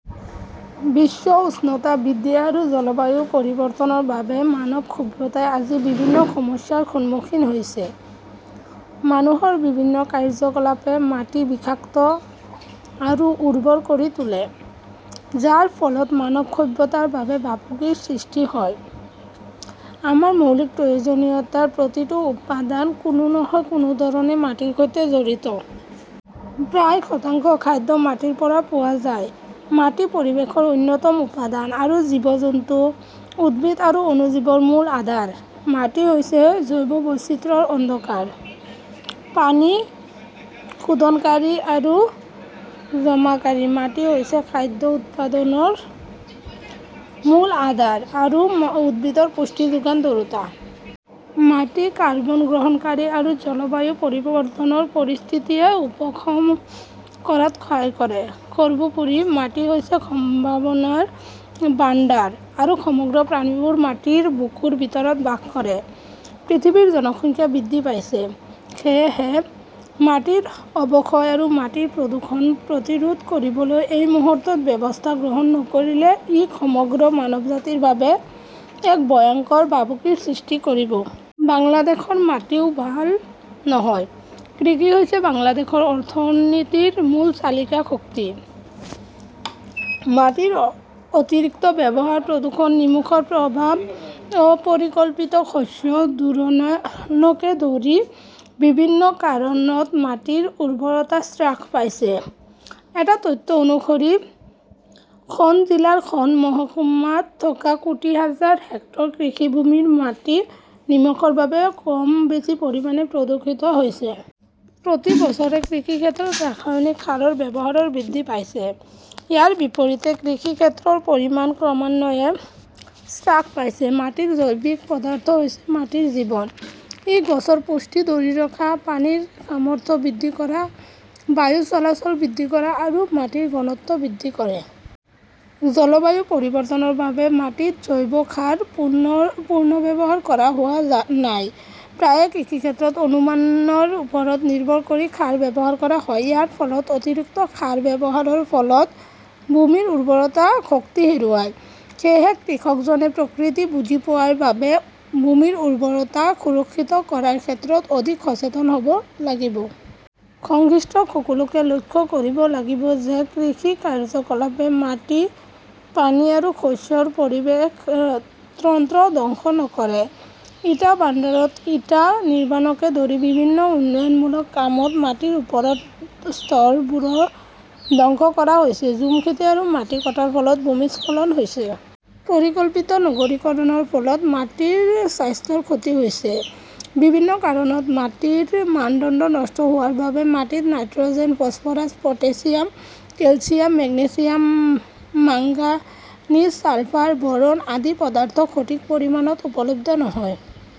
বিশ্ব উষ্ণতা বৃদ্ধি আৰু জলবায়ু পৰিৱৰ্তনৰ বাবে মানৱ সভ্যতাই আজি বিভিন্ন সমস্যাৰ সন্মুখীন হৈছে। মানুহৰ বিভিন্ন কাৰ্যকলাপে মাটি বিষাক্ত আৰু উৰ্বৰ কৰি তোলে, যাৰ ফলত মানৱ সভ্যতাৰ বাবে ভাবুকিৰ সৃষ্টি হয়। আমাৰ মৌলিক প্ৰয়োজনীয়তাৰ প্ৰতিটো উপাদান কোনো নহয় কোনো ধৰণে মাটিৰ সৈতে জড়িত। প্ৰায় শতাংশ খাদ্য মাটিৰ পৰা পোৱা যায়। মাটি পৰিৱেশৰ অন্যতম উপাদান আৰু জীৱ-জন্তু, উদ্ভিদ আৰু অণুজীৱৰ মূল আধাৰ। মাটি হৈছে জৈৱ বৈচিত্ৰ্যৰ অন্ধকাৰ, পানী শোধনকাৰী আৰু জমাকাৰী। মাটি হৈছে খাদ্য উৎপাদনৰ মূল আধাৰ আৰু উদ্ভিদৰ পুষ্টি যোগান ধৰোঁতা। মাটি কাৰ্বন গ্ৰহণকাৰী আৰু জলবায়ু পৰিৱৰ্তনৰ পৰিস্থিতিয়ে উপশম কৰাত সহায় কৰে। সৰ্বোপৰি, মাটি হৈছে সম্ভাৱনাৰ ভাণ্ডাৰ আৰু সমগ্ৰ প্ৰাণীবোৰে মাটিৰ বুকুৰ ভিতৰত বাস কৰে। পৃথিৱীৰ জনসংখ্যা বৃদ্ধি পাইছে। সেয়েহে মাটিৰ অৱক্ষয় আৰু মাটিৰ প্ৰদূষণ প্ৰতিৰোধ কৰিবলৈ এই মুহূৰ্তত ব্যৱস্থা গ্ৰহণ নকৰিলে ই সমগ্ৰ মানৱজাতিৰ বাবে এক ভয়ংকৰ ভাবুকিৰ সৃষ্টি কৰিব। বাংলাদেশৰ মাটিও ভাল নহয়। কৃষি হৈছে বাংলাদেশৰ অৰ্থনীতিৰ মূল চালিকা শক্তি। মাটিৰ অতিৰিক্ত ব্যৱহাৰ, প্ৰদূষণ, নিমখৰ প্ৰভাৱ, অ-পৰিকল্পিত শস্য ঘূৰণকে ধৰি বিভিন্ন কাৰণত মাটিৰ উৰ্বৰতা হ্ৰাস পাইছে। এটা তথ্য অনুসৰি, খন জিলাৰ খন মহকুমাত থকা কোটি হাজাৰ হেক্টৰ কৃষিভূমিৰ মাটি নিমখৰ বাবে কম বেছি পৰিমাণে প্ৰদূষিত হৈছে। প্ৰতি বছৰে কৃষিক্ষেত্ৰত ৰাসায়নিক সাৰৰ ব্যৱহাৰ বৃদ্ধি পাইছে, ইয়াৰ বিপৰীতে কৃষিক্ষেত্ৰৰ পৰিমাণ ক্ৰমান্বয়ে হ্ৰাস পাইছে। মাটিৰ জৈৱিক পদাৰ্থ হৈছে মাটিৰ জীৱন। ই গছৰ পুষ্টি ধৰি ৰখা, পানীৰ সামৰ্থ্য বৃদ্ধি কৰা, বায়ু চলাচল বৃদ্ধি কৰা আৰু মাটিৰ ঘনত্ব বৃদ্ধি কৰে। জলবায়ু পৰিৱৰ্তনৰ বাবে মাটিত জৈৱ সাৰ পুনৰ্ব্যৱহাৰ কৰা হোৱা নাই। প্ৰায়ে কৃষিক্ষেত্ৰত অনুমানৰ ওপৰত নিৰ্ভৰ কৰি সাৰ ব্যৱহাৰ কৰা হয়। ইয়াৰ ফলত অতিৰিক্ত সাৰ ব্যৱহাৰৰ ফলত ভূমিৰ উৰ্বৰতা শক্তি হেৰুৱায়। সেয়েহে কৃষকজনে প্ৰকৃতি বুজি পোৱাৰ বাবে ভূমিৰ উৰ্বৰতা সুৰক্ষিত কৰাৰ ক্ষেত্ৰত অধিক সচেতন হ 'ব লাগিব। সংশ্লিষ্ট সকলোৱে লক্ষ্য কৰিব লাগিব যে কৃষি কাৰ্যকলাপে মাটি, পানী আৰু শস্যৰ পৰিৱেশ তন্ত্ৰ ধ্বংস নকৰে। ইটা ভাণ্ডাৰত ইটা নিৰ্মাণকে ধৰি বিভিন্ন উন্নয়নমূলক কামত মাটিৰ ওপৰৰ স্তৰবোৰ ধ্বংস কৰা হৈছে। ঝুম খেতি আৰু মাটি কটাৰ ফলত ভূমিস্খলন হৈছে। পৰিকল্পিত নগৰীকৰণৰ ফলত মাটিৰ স্বাস্থ্যৰ ক্ষতি হৈছে। বিভিন্ন কাৰণত মাটিৰ মানদণ্ড নষ্ট হোৱাৰ বাবে মাটিত nitrogen, phosphorus, potassium, calcium, magnesium, manganese, sulphur, boron আদি পদাৰ্থ সঠিক পৰিমাণত উপলব্ধ নহয়।